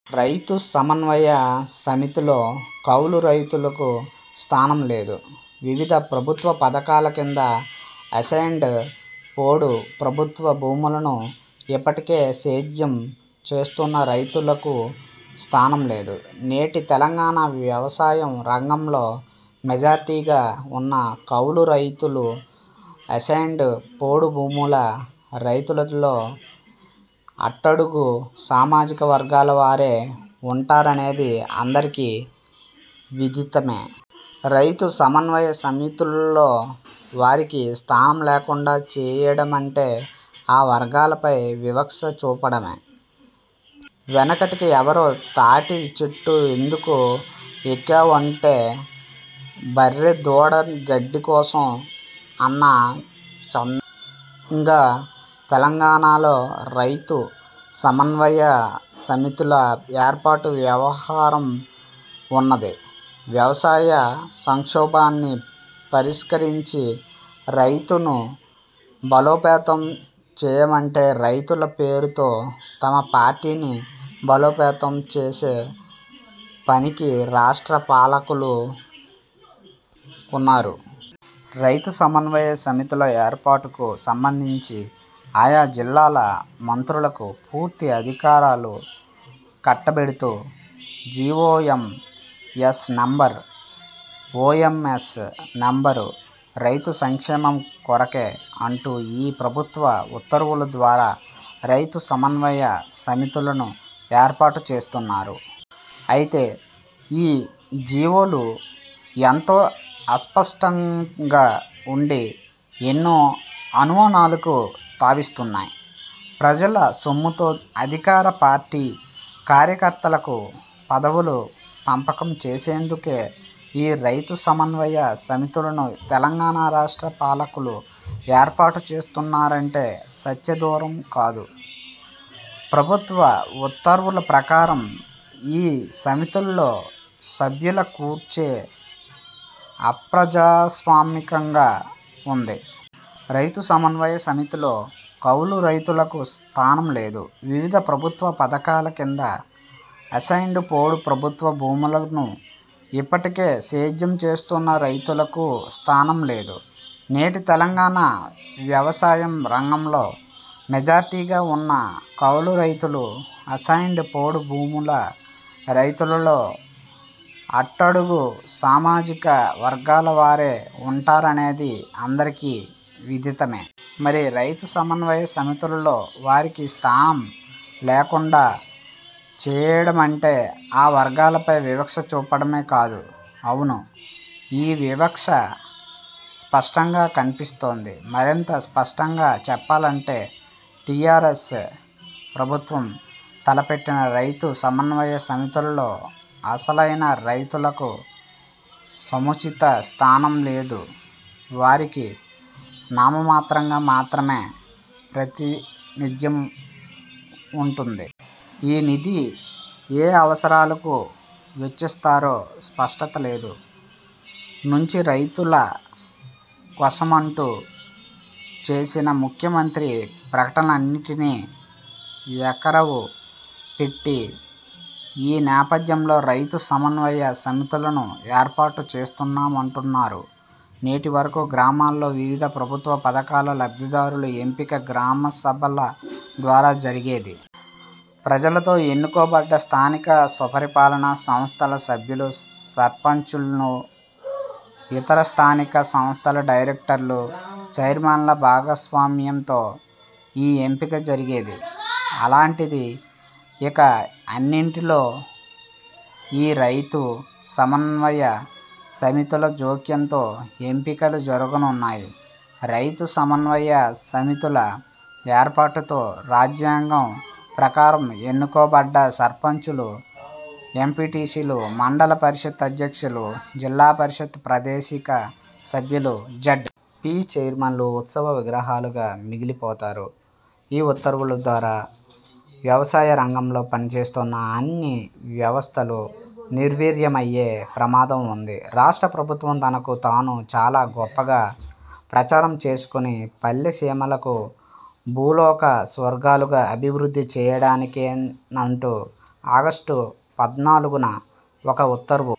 రైతు సమన్వయ సమితిలో కౌలు రైతులకు స్థానం లేదు. వివిధ ప్రభుత్వ పథకాల కింద అసైన్డ్, పోడు, ప్రభుత్వ భూములను ఇప్పటికే సేద్యం చేస్తున్న రైతులకూ స్థానం లేదు. నేటి తెలంగాణ వ్యవసాయం రంగంలో మెజార్టీగా ఉన్న కౌలు రైతులు, అసైన్డ్, పోడు భూముల రైతులలో అట్టడుగు సామాజిక వర్గాల వారే ఉంటారనేది అందరికీ విదితమే. రైతు సమన్వయ సమితులలో వారికి స్థానం లేకుండా చేయడమంటే ఆ వర్గాలపై వివక్ష చూపడమే. వెనకటికి ఎవరో తాటి చెట్టు ఎందుకు ఎక్కావు అంటే బర్రె దూడ గడ్డి కోసం అన్న చందంగా తెలంగాణలో రైతు సమన్వయ సమితుల ఏర్పాటు వ్యవహారం వున్నది. వ్యవసాయ సంక్షోభాన్ని పరిష్కరించి రైతును బలోపేతం చేయమంటే రైతుల పేరుతో తమ పార్టీని బలోపేతం చేసే పనికి రాష్ట్ర పాలకులు పూనుకున్నారు. రైతు సమన్వయ సమితుల ఏర్పాటుకు సంబంధించి ఆయా జిల్లాల మంత్రులకు పూర్తి అధికారాలు కట్టబెడుతూ G. O. M. S. Number. O. M. S. Number రైతు సంక్షేమం కొరకే అంటూ ఈ ప్రభుత్వ ఉత్తర్వుల ద్వారా రైతు సమన్వయ సమితులను ఏర్పాటు చేస్తున్నారు. అయితే ఈ జి. ఓ. లు ఎంతో అస్పష్టంగా వుండి ఎన్నో అనుమానాలకు తావిస్తున్నాయి. ప్రజల సొమ్ముతో అధికార పార్టీ కార్యకర్తలకు పదవులు పంపకం చేసేందుకే ఈ రైతు సమన్వయ సమితులను తెలంగాణ రాష్ట్ర పాలకులు ఏర్పాటు చేస్తున్నారంటే సత్య దూరం కాదు. ప్రభుత్వ ఉత్తర్వుల ప్రకారం ఈ సమితులలో సభ్యుల కూర్పే అప్రజాస్వామికంగా ఉంది. రైతు సమన్వయ సమితిలో కౌలు రైతులకు స్థానం లేదు. వివిధ ప్రభుత్వ పథకాల కింద అసైన్డ్, పోడు, ప్రభుత్వ భూములను ఇప్పటికే సేద్యం చేస్తున్న రైతులకూ స్థానం లేదు. నేటి తెలంగాణ వ్యవసాయం రంగంలో మెజార్టీగా ఉన్న కౌలు రైతులు, అసైన్డ్, పోడు భూముల రైతులలో అట్టడుగు సామాజిక వర్గాల వారే ఉంటారనేది అందరికీ విదితమే. మరి రైతు సమన్వయ సమితులలో వారికి స్థానం లేకుండా చేయడమంటే ఆ వర్గాలపై వివక్ష చూపడమే కాదూ. అవును, ఈ వివక్ష స్పష్టంగా కన్పిస్తోంది. మరింత స్పష్టంగా చెప్పాలంటే టీఆర్ఎస్ ప్రభుత్వం తలపెట్టిన రైతు సమన్వయ సమితులలో అసలైన రైతులకు సముచిత స్థానం లేదు. వారికి నామమాత్రంగా మాత్రమే ప్రాతినిధ్యముంటుంది. ఈ నిధి ఏ అవసరాలకు వెచ్చిస్తారో స్పష్టత లేదు, నుంచి రైతుల కోసమంటూ చేసిన ముఖ్యమంత్రి ప్రకటనలన్నింటినీ ఏకరవు పెట్టి ఈ నేపథ్యంలో రైతు సమన్వయ సమితులను ఏర్పాటు చేస్తున్నామంటున్నారు. నేటి వరకు గ్రామాలలో వివిధ ప్రభుత్వ పథకాల లబ్ధిదారుల ఎంపిక గ్రామసభల ద్వారా జరిగేది. ప్రజలతో ఎన్నుకోబడ్డ స్థానిక స్వపరిపాలనా సంస్థల సభ్యులు, సర్పంచ్లు, ఇతర స్థానిక సంస్థల డైరెక్టర్లు, చైర్మన్ల భాగస్వామ్యంతో ఈ ఎంపిక జరిగేది. అలాంటిది ఇక అన్నింటిలో ఈ రైతు సమన్వయ సమితుల జోక్యంతో ఎంపికలు జరుగనున్నాయి. రైతు సమన్వయ సమితుల ఏర్పాటుతో రాజ్యాంగం ప్రకారం ఎన్నుకోబడ్డ సర్పంచులు, ఎంపీటీసీలు, మండల పరిషత్ అధ్యక్షులు, జిల్లా పరిషత్ ప్రాదేశిక సభ్యులు, జడ్. పి. చైర్మన్లు ఉత్సవ విగ్రహాలుగా మిగిలిపోతారు. ఈ ఉత్తర్వుల ద్వారా వ్యవసాయ రంగంలో పనిచేస్తున్న అన్ని వ్యవస్థలు నిర్వీర్యమయ్యే ప్రమాదం ఉంది. రాష్ట్ర ప్రభుత్వం తనకు తాను చాలా గొప్పగా ప్రచారం చేసుకుని, పల్లె సీమలను భూలోక స్వర్గాలుగా అభివృద్ధి చేయడానికేనంటూ ఆగస్టు పద్నాలుగున ఒక ఉత్తర్వు